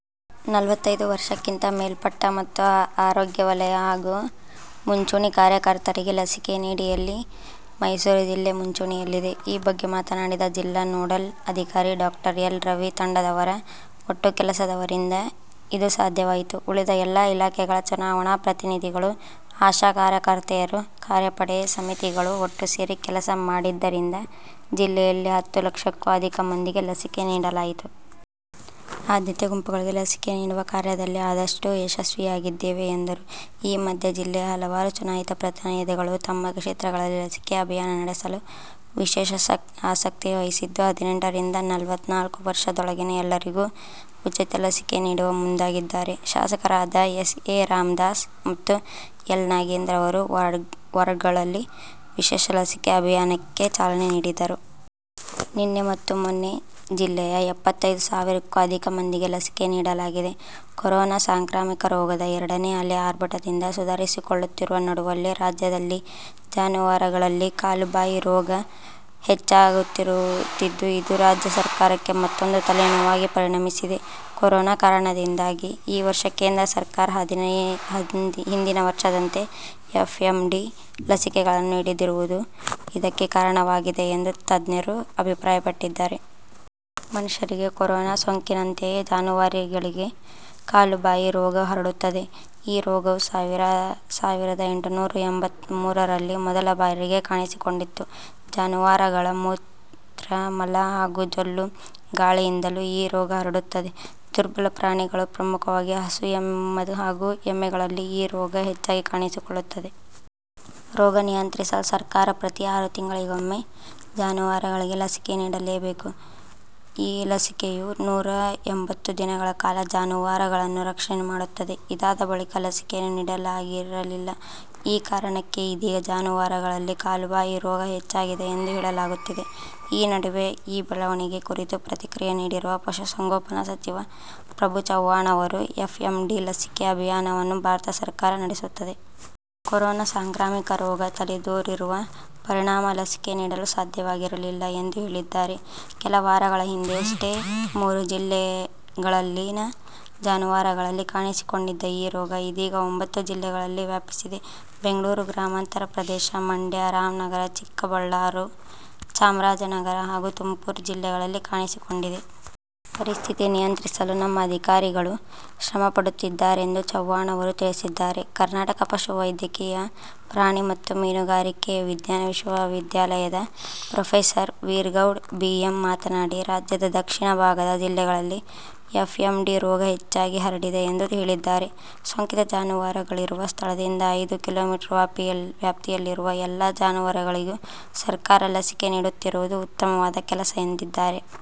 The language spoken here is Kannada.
ನಲವತ್ತೈದು ವರ್ಷಕ್ಕಿಂತ ಮೇಲ್ಪಟ್ಟ ಮತ್ತು ಆರೋಗ್ಯ ವಲಯ ಹಾಗೂ ಮುಂಚೂಣಿ ಕಾರ್ಯಕರ್ತರಿಗೆ ಲಸಿಕೆ ನೀಡಿಕೆಯಲ್ಲಿ ಮೈಸೂರು ಜಿಲ್ಲೆ ಮುಂಚೂಣಿಯಲ್ಲಿದೆ. ಈ ಬಗ್ಗೆ ಮಾತನಾಡಿದ ಜಿಲ್ಲಾ ನೋಡಲ್ ಅಧಿಕಾರಿ ಡಾಕ್ಟರ್ ಎಲ್ ರವಿ, ತಂಡದವರ ಒಟ್ಟು ಕೆಲಸದವರಿಂದ ಇದು ಸಾಧ್ಯವಾಯಿತು. ಉಳಿದ ಎಲ್ಲಾ ಇಲಾಖೆಗಳ, ಚುನಾವಣಾ ಪ್ರತಿನಿಧಿಗಳು, ಆಶಾ ಕಾರ್ಯಕರ್ತರೆಯರು, ಕಾರ್ಯ ಪಡೆ ಸಮಿತಿಗಳು ಒಟ್ಟು ಸೇರಿ ಕೆಲಸ ಮಾಡಿದ್ದರಿಂದ ಜಿಲ್ಲೆಯಲ್ಲಿ ಹತ್ತು ಲಕ್ಷಕ್ಕೂ ಅಧಿಕ ಮಂದಿಗೆ ಲಸಿಕೆ ನೀಡಲಾಯಿತು. ಆದ್ಯತೆ ಗುಂಪುಗಳಿಗೆ ಲಸಿಕೆ ನೀಡುವ ಕಾರ್ಯದಲ್ಲಿ ಆದಷ್ಟು ಯಶಸ್ವಿಯಾಗಿದ್ದೇವೆ ಎಂದರು. ಈ ಮಧ್ಯೆ, ಜಿಲ್ಲೆಯ ಹಲವಾರು ಚುನಾಯಿತ ಪ್ರತಿನಿಧಿಗಳು ತಮ್ಮ ಕ್ಷೇತ್ರಗಳಲ್ಲಿ ಲಸಿಕೆ ಅಭಿಯಾನ ನಡೆಸಲು ವಿಶೇಷ ಆಸಕ್ತಿ ವಹಿಸಿದ್ದು, ಹದಿನೆಂಟರಿಂದ ನಲವತ್ತನಾಲ್ಕು ವರ್ಷದೊಳಗಿನ ಎಲ್ಲರಿಗೂ ಉಚಿತ ಲಸಿಕೆ ನೀಡಲು ಮುಂದಾಗಿದ್ದಾರೆ. ಶಾಸಕರಾದ ಎಸ್ ಎ ರಾಮದಾಸ್ ಮತ್ತು ಎಲ್ ನಾಗೇಂದ್ರ ಅವರು ವಾರ್ಡ್ಗಳಲ್ಲಿ ವಿಶೇಷ ಲಸಿಕೆ ಅಭಿಯಾನಕ್ಕೆ ಚಾಲನೆ ನೀಡಿದರು. ನಿನ್ನೆ ಮತ್ತು ಮೊನ್ನೆ, ಜಿಲ್ಲೆಯ ಎಪ್ಪತೈದು ಸಾವಿರಕ್ಕೂ ಅಧಿಕ ಮಂದಿಗೆ ಲಸಿಕೆ ನೀಡಲಾಗಿದೆ. ಕೊರೋನಾ ಸಾಂಕ್ರಾಮಿಕ ರೋಗದ ಎರಡನೇ ಅಲೆ ಆರ್ಭಟದಿಂದ ಸುಧಾರಿಸಿಕೊಳ್ಳುತ್ತಿರುವ ನಡುವಲ್ಲೇ ರಾಜ್ಯದಲ್ಲಿ ಜಾನುವಾರುಗಳಲ್ಲಿ ಕಾಲುಬಾಯಿ ರೋಗ ಹೆಚ್ಚಾಗುತ್ತಿದ್ದು, ಇದು ರಾಜ್ಯ ಸರ್ಕಾರಕ್ಕೆ ಮತ್ತೊಂದು ತಲೆನೋವಾಗಿ ಪರಿಣಮಿಸಿದೆ. ಕೊರೋನಾ ಕಾರಣದಿಂದಾಗಿ ಈ ವರ್ಷ ಕೇಂದ್ರ ಸರ್ಕಾರ ಹಿಂದಿನ ವರ್ಷದಂತೆ ಎಫ್ಎಂಡಿ ಲಸಿಕೆಗಳನ್ನು ನೀಡದಿರುವುದು ಇದಕ್ಕೆ ಕಾರಣವಾಗಿದೆ ಎಂದು ತಜ್ಞರು ಅಭಿಪ್ರಾಯಪಟ್ಟಿದ್ದಾರೆ. ಮನುಷ್ಯರಿಗೆ ಕೊರೋನಾ ಸೋಂಕಿನಂತೆಯೇ ಜಾನುವಾರಿಗಳಿಗೂ ಕಾಲುಬಾಯಿ ರೋಗ ಹರಡುತ್ತದೆ. ಈ ರೋಗವು ಸಾವಿರದ ಎಂಟುನುರಾ ಎಂಬತ್ತ ಮೂರರಲ್ಲಿ ಮೊದಲ ಬಾರಿಗೆ ಕಾಣಿಸಿಕೊಂಡಿತ್ತು. ಜಾನುವಾರುಗಳ ಮೂತ್ರ, ಮಲ ಹಾಗೂ ಜೊಲ್ಲು, ಗಾಳಿಯಿಂದಲೂ ಈ ರೋಗ ಹರಡುತ್ತದೆ. ದುರ್ಬಲ ಪ್ರಾಣಿಗಳು ಪ್ರಮುಖವಾಗಿ ಹಸು ಹಾಗೂ ಎಮ್ಮೆಗಳಲ್ಲಿ ಈ ರೋಗ ಹೆಚ್ಚಾಗಿ ಕಾಣಿಸಿಕೊಳ್ಳುತ್ತದೆ. ರೋಗ ನಿಯಂತ್ರಿಸಲು ಸರ್ಕಾರ ಪ್ರತೀ ಆರು ತಿಂಗಳುಗಳಿಗೊಮ್ಮೆ ಜಾನುವಾರುಗಳಿಗೆ ಲಸಿಕೆ ನೀಡಲೇಕು. ಈ ಲಸಿಕೆಯು ನೂರಾ ಎಂಬತ್ತು ದಿನಗಳ ಕಾಲ ಜಾನುವಾರುಗಳನ್ನು ರಕ್ಷಣೆ ಮಾಡುತ್ತದೆ. ಇದಾದ ಬಳಿಕ ಲಸಿಕೆಯನ್ನು ನೀಡಲಾಗಿರಲಿಲ್ಲ. ಈ ಕಾರಣಕ್ಕೆ ಇದೀಗ ಜಾನುವಾರುಗಳಲ್ಲಿ ಕಾಲುಬಾಯಿ ರೋಗ ಹೆಚ್ಚಾಗಿದೆ ಎಂದು ಹೇಳಲಾಗುತ್ತಿದೆ. ಈ ನಡುವೆ ಈ ಬೆಳವಣಿಗೆ ಕುರಿತು ಪ್ರತಿಕ್ರಿಯೆ ನೀಡಿರುವ ಪಶು ಸಂಗೋಪನೆ ಸಚಿವ ಪ್ರಭು ಚವ್ಹಾಣ್ ಅವರು, ಎಫ್ಎಂಡಿ ಲಸಿಕೆ ಅಭಿಯಾನವನ್ನು ಭಾರತ ಸರ್ಕಾರ ನಡೆಸುತ್ತದೆ. ಕೊರೋನಾ ಸಾಂಕ್ರಾಮಿಕ ರೋಗ ತಲೆದೋರಿರುವ ಪರಿಣಾಮ ಲಸಿಕೆ ನೀಡಲು ಸಾಧ್ಯವಾಗಿರಲಿಲ್ಲ ಎಂದು ಹೇಳಿದ್ದಾರೆ. ಕೆಲ ವಾರಗಳ ಹಿಂದೆಷ್ಟೇ ಮೂರು ಜಿಲ್ಲೆಗಳಲ್ಲಿನ ಜಾನುವಾರುಗಳಲ್ಲಿ ಕಾಣಿಸಿಕೊಂಡಿದ್ದ ಈ ರೋಗ ಇದೀಗ ಒಂಬತ್ತು ಜಿಲ್ಲೆಗಳಿಗೆ ವ್ಯಾಪಿಸಿದೆ. ಬೆಂಗಳೂರು ಗ್ರಾಮಾಂತರ ಪ್ರದೇಶ, ಮಂಡ್ಯ, ರಾಮನಗರ, ಚಿಕ್ಕಬಳ್ಳಾರು, ಚಾಮರಾಜನಗರ ಹಾಗೂ ತುಮಕೂರು ಜಿಲ್ಲೆಗಳಲ್ಲಿ ಕಾಣಿಸಿಕೊಂಡಿದೆ. ಪರಿಸ್ಥಿತಿ ನಿಯಂತ್ರಿಸಲು ನಮ್ಮ ಅಧಿಕಾರಿಗಳು ಶ್ರಮ ಪಡುತ್ತಿದ್ದಾರೆಂದು ಚವ್ಹಾಣ್ ಅವರು ತಿಳಿಸಿದ್ದಾರೆ. ಕರ್ನಾಟಕ ಪಶುವೈದ್ಯಕೀಯ ಪ್ರಾಣಿ ಮತ್ತು ಮೀನುಗಾರಿಕೆ ವಿಜ್ಞಾನ ವಿಶ್ವವಿದ್ಯಾಲಯದ ಪ್ರೊಫೆಸರ್ ವೀರಗೌಡ ಬಿ. ಎಂ ಮಾತನಾಡಿ, ರಾಜ್ಯದ ದಕ್ಷಿಣ ಭಾಗದ ಜಿಲ್ಲೆಗಳಲ್ಲಿ ಎಫ್ಎಂಡಿ ರೋಗ ಹೆಚ್ಚಾಗಿ ಹರಡಿದೆ ಎಂದು ಹೇಳಿದ್ದಾರೆ. ಸೋಂಕಿತ ಜಾನುವಾರುಗಳಿರುವ ಸ್ಥಳದಿಂದ ಐದು ಕಿಲೋಮೀಟರ್ ವ್ಯಾಪ್ತಿಯಲ್ಲಿರುವ ಎಲ್ಲಾ ಜಾನುವಾರುಗಳಿಗೂ ಸರ್ಕಾರ ಲಸಿಕೆ ನೀಡುತ್ತಿರುವುದು ಉತ್ತಮವಾದ ಕೆಲಸ ಎಂದಿದ್ದಾರೆ.